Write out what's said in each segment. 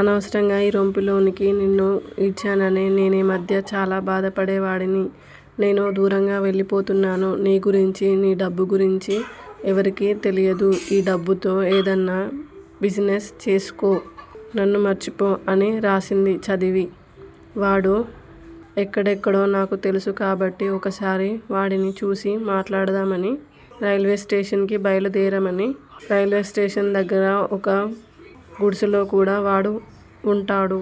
అనవసరంగా ఈ రొంపిలోకి నిన్ను ఈడ్చానని నేనీమధ్య చాలా బాధపడేవాడిని. నేను దూరంగా వెళ్లిపోతున్నాను. నీగురించీ, నీ డబ్బు గురించీ ఎవరికీ తెలియదు. ఈ డబ్బుతో ఏదన్నా బిజినెస్ చేసుకో! నన్ను మర్చిపో! అని రాసింది చదివి, వాడు ఎక్కడెక్కడో నాకు తెలుసు కాబట్టి, ఒక్కసారి వాడిని చూసి మాట్లాడదామని, రైల్వేస్టేషన్ కి బయలు దేరామని, రైల్వేస్టేషన్ దగ్గర ఒక గుడిసెలో కూడా వాడు వుంటాడు.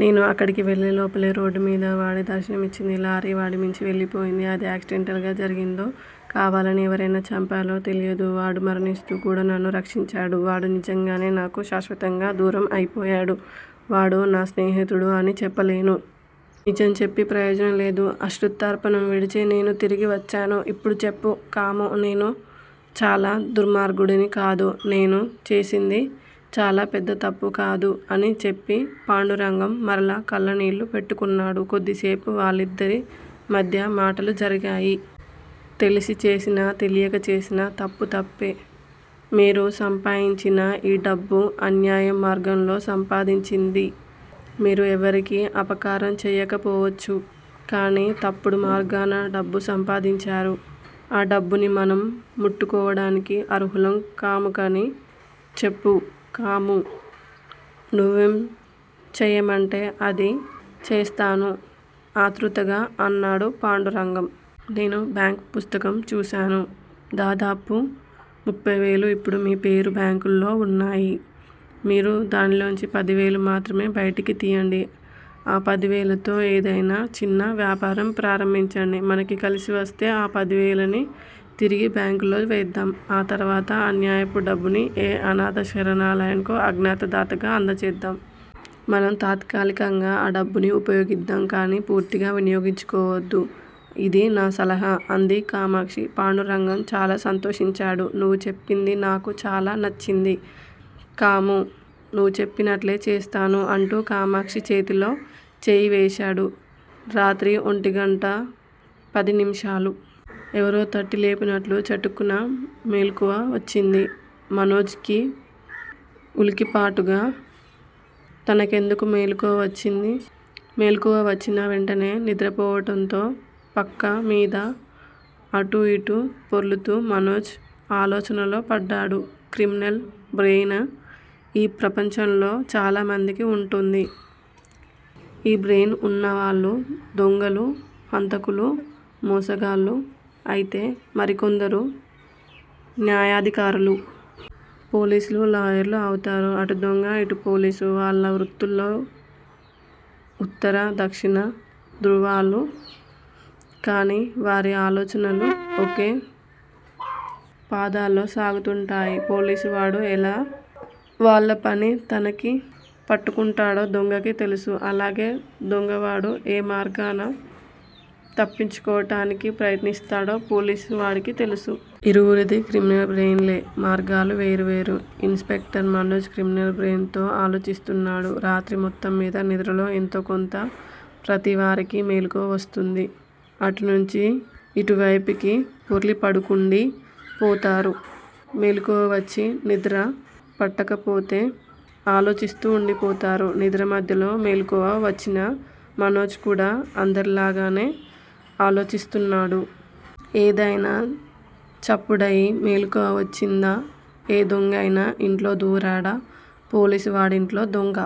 నేను అక్కడికి వెళ్ళేలోపలే, రోడ్డు మీద వాడి దర్శనమిచ్చింది లారీ వాడిమీంచి వెళ్ళిపోయింది. అది యాక్సిడెంటల్ గా జరిగిందో, కావాలని ఎవరయినా చంపాలో తెలియదు. వాడు మరణిస్తూ కూడా నన్ను రక్షించాడు. వాడు నిజంగానే నాకు శాశ్వతంగా దూరం అయిపోయాడు. వాడు నా స్నేహితుడు అని చెప్పలేను. నిజం చెప్పీ ప్రయోజనం లేదు. అశ్రుతర్పణం విడిచి నేను తిరిగి వచ్చాను. ఇప్పుడు చెప్పు కామూ! నేను చాలా దుర్మార్గుడిని కదూ! నేను చేసింది చాలా పెద్ద తప్పు కదూ! అని చెప్పి పాండురంగం మరలా కళ్ళ నీళ్ళు పెట్టుకున్నాడు. కొద్దిసేపు వాళ్లిద్దరి మధ్యా మాటలు జరిగాయి. తెలిసి చేసినా తెలియక చేసినా తప్పు తప్పే. మీరు సంపాయించిన ఈ డబ్బు, అన్యాయం మార్గంలో సంపాదించింది. మీరు ఎవరికీ అపకారం చెయ్యకపోవచ్చు. కానీ, తప్పుడు మార్గాన డబ్బు సంపాదించారు. ఆ డబ్బుని మనం ముట్టుకోడానికి అర్హులం కాముకానీ చెప్పు! కామూ! నువ్వేం చేయమంటే అది చేస్తాను ఆత్రుతగా అన్నాడు పాండురంగం. నేను బ్యాంక్ పుస్తకం చూశాను. దాదాపు ముప్పైవేలు ఇప్పుడు మీ పేర బ్యాంకులో వున్నాయి. మీరు దానిలోంచి పదివేలు మాత్రమే బయటికి తియ్యండి. ఆ పదివేలతో ఏదయినా చిన్న వ్యాపారం ప్రారంభించండి. మనకి కలిసివస్తే, ఆ పదివేలని తిరిగి బ్యాంకులో వేద్దాం. ఆ తరువాత అన్యాయపు డబ్బుని ఏ అనాధ శరణాలయంకో అజ్ఞాత దాతగా అందచేద్దాం. మనం తాత్కాలికంగా ఆ డబ్బుని ఉపయోగిద్దాం కానీ, పూర్తిగా వినియోగించుకోవద్దు. ఇది నా సలహా! అంది కామాక్షి. పాండురంగం చాలా సంతోషించాడు. నువ్వు చెప్పింది నాకు చాలా నచ్చింది కామూ! నువ్వు చెప్పినట్లే చెప్తాను అంటూ కామాక్షి చేతిలో చెయ్యి వేశాడు. రాత్రి ఒంటిగంటా పది నిమిషాలు. ఎవరో తట్టి లేపినట్లు చటుక్కున మెలకువ వచ్చింది మనోజ్ కి. వులికిపాటుగా తనకెందుకు మెలుకువ వచ్చింది? మెలకువ వచ్చినా వెంటనే నిద్రపట్టకపోవటంతో పక్క మీద అటూ యిటూ పొర్లుతూ మనోజు ఆలోచనలో పడ్డాడు. క్రిమినల్ బ్రెయిన్ ఈ ప్రపంచంలో చాలామందికి వుంటుంది. ఈ బ్రెయిన్ వున్న వాళ్ళు దొంగలూ, హంతకులూ, మోసగాళ్ళూ అయితే, మరికొందరు న్యాయాధికారులు! పోలీసులూ, లాయర్లూ అవుతారు. అటుదొంగ, ఇటు పోలీసు వాళ్ళ వృత్తులో ఉత్తర, దక్షిణ ధృవాలు. కానీ, వారి ఆలోచనలు ఒకే పంధాలో సాగుతూంటాయి. పోలీసువాడు ఎలా వలపన్ని తనని పట్టుకుంటాడో దొంగకి తెలుసు. అలాగే దొంగవాడు ఏ మార్గాన తప్పించుకోటానికి ప్రయత్నిస్తాడో పోలీసు వాడికి తెలుసు. ఇరువురిది క్రిమినల్ బ్రెయిన్ లే మార్గాలు వేరు వేరు. Inspector Manoj criminal brain తో ఆలోచిస్తున్నాడు. రాత్రి మొత్తంమీద నిద్రలో ఎంతోకొంత ప్రతివారికి మెలుకువ వస్తుంది. అటునుంచి ఇటువేపుకి పొర్లిపడుకుండి పోతారు. మెలుకువ వచ్చి నిద్ర పట్టకపోతే ఆలోచిస్తూ వుండిపోతారు. నిద్ర మధ్యలో మెలకువ వచ్చిన మనోజ్ కూడ అందరి లాగానే ఆలోచిస్తున్నాడు. ఏదయినా చప్పుడయి మెలుకువ వచ్చిందా? ఏ దొంగైయినా ఇంట్లో దూరాడా? పోలీసు వాడింట్లో దొంగ!